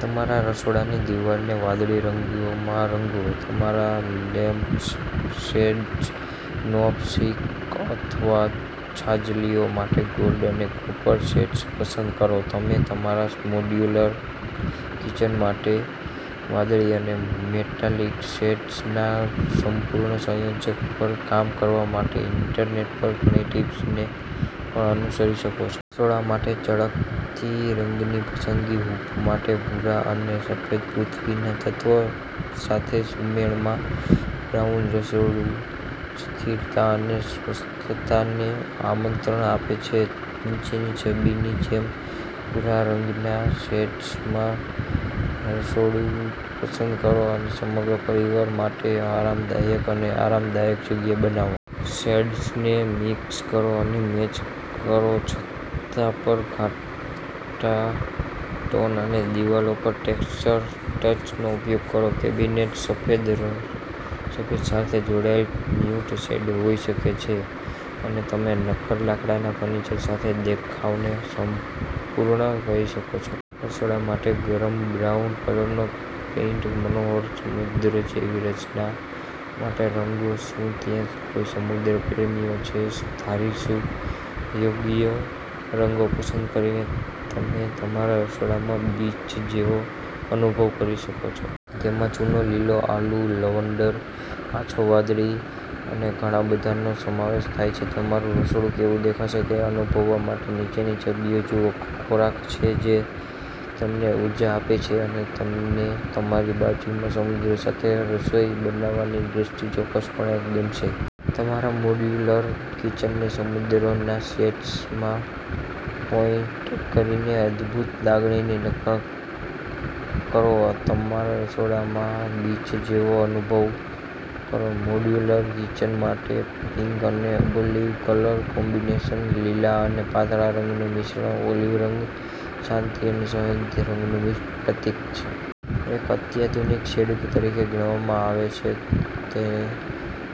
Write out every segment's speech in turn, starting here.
તમારા રસોડાની દિવાલને વાદળી રંગમાં રંગો. તમારા લેમ્પશેડ્સ, નોબ્સ, સિક અથવા છાજલીઓ માટે ગોલ્ડ અને કોપર શેડ્સ પસંદ કરો. તમે તમારા મોડ્યુલર કિચન માટે વાદળી અને મેટાલિક શેડ્સના સંપૂર્ણ સંયોજન પર કામ કરવા માટે ઇન્ટરનેટ પર ઘણી ટીપ્સને પણ અનુસરી શકો છો. રસોડા માટે ચળકતી રંગની પસંદગી હૂંફ માટે ભૂરા અને સફેદ પૃથ્વીના તત્વ સાથે સુમેળમાં બ્રાઉન રસોડું સ્થિરતા અને સ્વસ્થતાને આમંત્રણ આપે છે. નીચેની છબીની જેમ, ભૂરા રંગના શેડ્સમાં રસોડું પસંદ કરો અને સમગ્ર પરિવાર માટે આરામદાયક અને આરામદાયક જગ્યા બનાવો. શેડ્સને મિક્સ કરો અને મેચ કરો છતા પર ઘાટા ટોન અને દિવાલો પર ટેક્ષ્ચર ટચનો ઉપયોગ કરો. કેબિનેટ્સ સફેદ સાથે જોડાયેલ મ્યૂટ શેડ હોઈ શકે છે, અને તમે નક્કર લાકડાના ફર્નિચર સાથે દેખાવને સંપ પૂર્ણ કરી શકો છો. રસોડા માટે ગરમ બ્રાઉન કલરનો પેઇન્ટ મનોહર સમુદ્ર જેવી રચના માટે રંગો શું ત્યાં કોઈ સમુદ્ર પ્રેમીઓ છે? ધારી શું? યોગ્ય રંગો પસંદ કરીને તમે તમારા રસોડામાં બીચ જેવો અનુભવ કરી શકો છો. તેમાં ચૂનો લીલો, આલૂ, લવંડર, આછો વાદળી અને ઘણા બધાનો સમાવેશ થાય છે. તમારું રસોડું કેવું દેખાશે તે અનુભવવા માટે નીચેની છબી જુઓ. ખોરાકછે જે તમને ઉર્જા આપે છે, અને તમને તમારી બાજુમાં સમુદ્ર સાથે રસોઈ બનાવવાની દૃષ્ટિ ચોક્કસપણે ગમશે. તમારા મોડ્યુલર કિચનને સમુદ્રના શેડ્સમાં પેઇન્ટ કરીનેઅદ્ભુત લાગણીની નકલ કરો. તમારા રસોડામાં બીચ જેવો અનુભવ કરો મોડ્યુલર કિચન માટે પિંક અને ઓલિવ કલર કોમ્બિનેશન લીલા અને પાદડા રંગનું મિશ્રણ, ઓલિવ રંગ શાંતિ અને સંવદિતાનું પ્રતીક છે. એક અત્યાધુનિક શેડ તરીકે ગણવામાં આવે છે, તે તે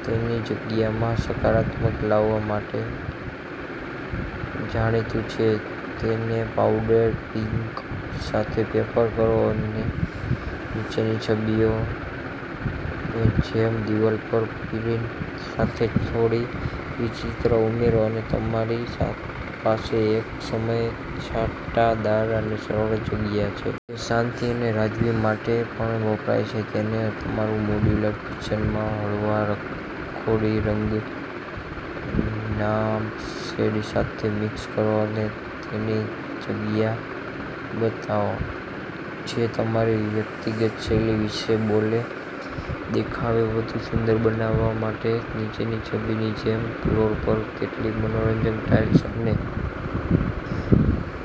તેની જગ્યામાં સકારાત્મકતા લાવવા માટે જાણીતું છે. તેને પાઉડર પિંક સાથે પેપર કરો અને નીચેની છબીઓની જેમ દિવાલ પર પ્રિન્ટ સાથે થોડી વિચિત્ર ઉમેરો અને તમારી પાસે એકસમયે છટાદાર અને સરળ જગ્યા છે. તે શાંતિ અને રાજવી માટે પણ વપરાય છે. તેને તમારા મોડ્યુલર કિચનમાં હળવા રાખોડી રંગના શેડ સાથે મિક્સ કરો અને તેની જગ્યા બતાવો જે તમારી વ્યક્તિગત શૈલી વિશે બોલે. દેખાવને વધુ સુંદર બનાવવા માટે, નીચેની છબીની જેમ, ફ્લોર પર કેટલીક મનોરંજક ટાઇલ્સ અને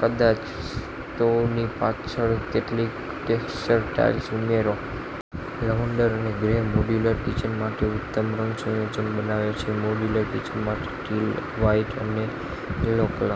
કદાચ સ્ટોવની પાછળ કેટલીક ટેક્ષ્ચર ટાઇલ્સ ઉમેરો. લવંડર અને ગ્રે મોડ્યુલર કિચન માટે ઉત્તમ રંગ સંયોજન બનાવે છે. મોડ્યુલર કિચન માટે ટીલ, વ્હાઇટ અને યલો કલર